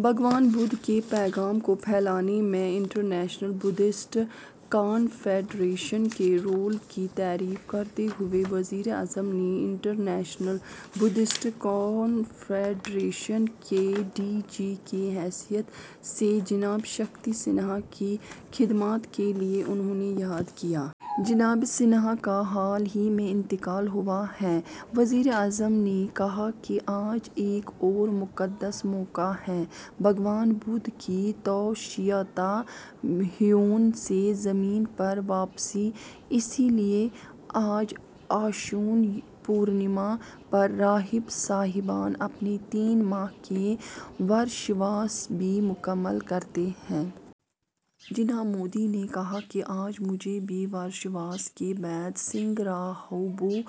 بھگوان بدھ کے پیغام کو پھیلانے میں انٹرنیشنل بدھسٹ کانفیڈریشن کے رول کی تعریف کرتے ہوئے وزیر اعظم نے انٹرنیشنل بدھسٹ کانفیڈریشن کے ڈی جی کی حیثیت سے جناب شکتی سنہا کی خدمات کے لیے انہیں یاد کیا۔ جناب سنہا کا حال ہی میں انتقال ہوا ہے۔ وزیر اعظم نے کہا کہ آج ایک اور مقدس موقع ہے، بھگوان بدھ کی توشیتا ہیون سے زمین پر واپسی۔ اسی لیے آج اشون پورنیما پر راہب صاحبان اپنے تین ماہ کے ورشاواس بھی مکمل کرتے ہیں۔ جناب مودی نے کہا کہ آج مجھے بھی ورشاواس کے بعد سنگھ راہبوں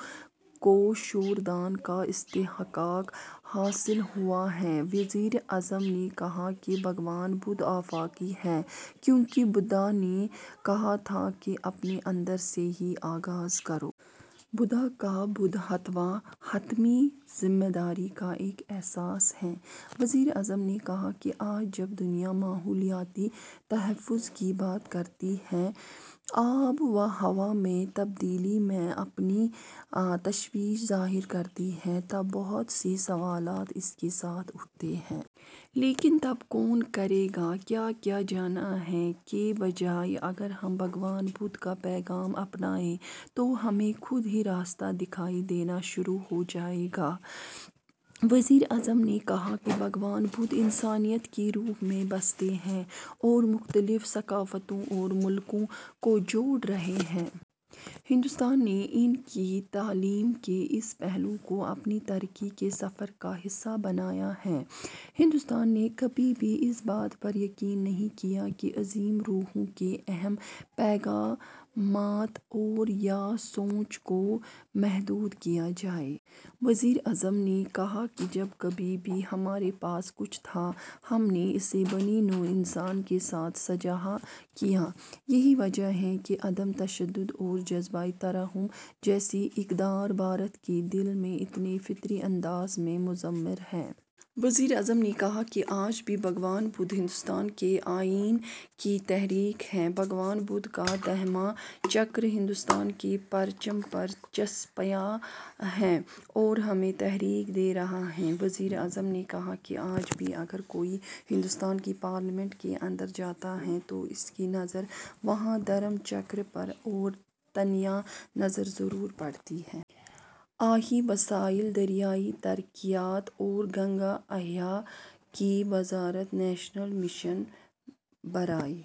کو شور دان کا استحقاق حاصل ہوا ہے۔ وزیر اعظم نے کہا کہ بھگوان بدھ آفاقی ہیں، کیونکہ بدھا نے کہا تھا کہ اپنے اندر سے ہی آغاز کرو۔ بدھا کا بدھتوا حتمی ذمہ داری کا ایک احساس ہے۔ وزیر اعظم نے کہا کہ آج جب دنیا ماحولیاتی تحفظ کی بات کرتی ہے، آب و ہوا میں تبدیلی میں اپنی تشویش ظاہر کرتی ہے، تب بہت سے سوالات اس کے ساتھ اٹھتے ہیں۔ لیکن تب کون کرے گا، ’کیا کیا جانا ہے‘ کے بجائے اگر ہم بھگوان بدھ کا پیغام اپنائیں تو ہمیں خود ہی راستہ دکھائی دینا شروع ہو جائے گا۔ وزیر اعظم نے کہا کہ بھگوان بدھ انسانیت کی روح میں بستے ہیں اور مختلف ثقافتوں اور ملکوں کو جوڑ رہے ہیں۔ ہندوستان نے ان کی تعلیم کے اس پہلو کو اپنی ترقی کے سفر کا حصہ بنایا ہے۔ ہندوستان نے کبھی بھی اس بات پر یقین نہیں کیا کہ عظیم روحوں کے اہم پیغامات اور یا سوچ کو محدود کیا جائے۔ وزیر اعظم نے کہا کہ جب کبھی بھی ہمارے پاس کچھ تھا، ہم نے اسے بنی نوع انسان کے ساتھ ساجھا کیا۔ یہی وجہ ہے کہ عدم تشدد اور جذبۂ ترحم جیسی اقدار بھارت کے دل میں اتنے فطری انداز میں مضمر ہیں۔ وزیر اعظم نے کہا کہ آج بھی بھگوان بدھ ہندوستان کے آئین کی تحریک ہیں، بھگوان بدھ کا دھما چکر ہندوستان کے پرچم پر چسپاں ہے اور ہمیں تحریک دے رہا ہے۔ وزیر اعظم نے کہا کہ آج بھی اگر کوئی ہندوستان کی پارلیمنٹ کے اندر جاتا ہے تو اس کی نظر وہاں دھرم چکر پر اور تنیا نظر ضرور پڑتی ہے۔ آبی وسائل، دریائی ترقیات اور گنگا احیاء کی وزارت نیشنل مشن برائے...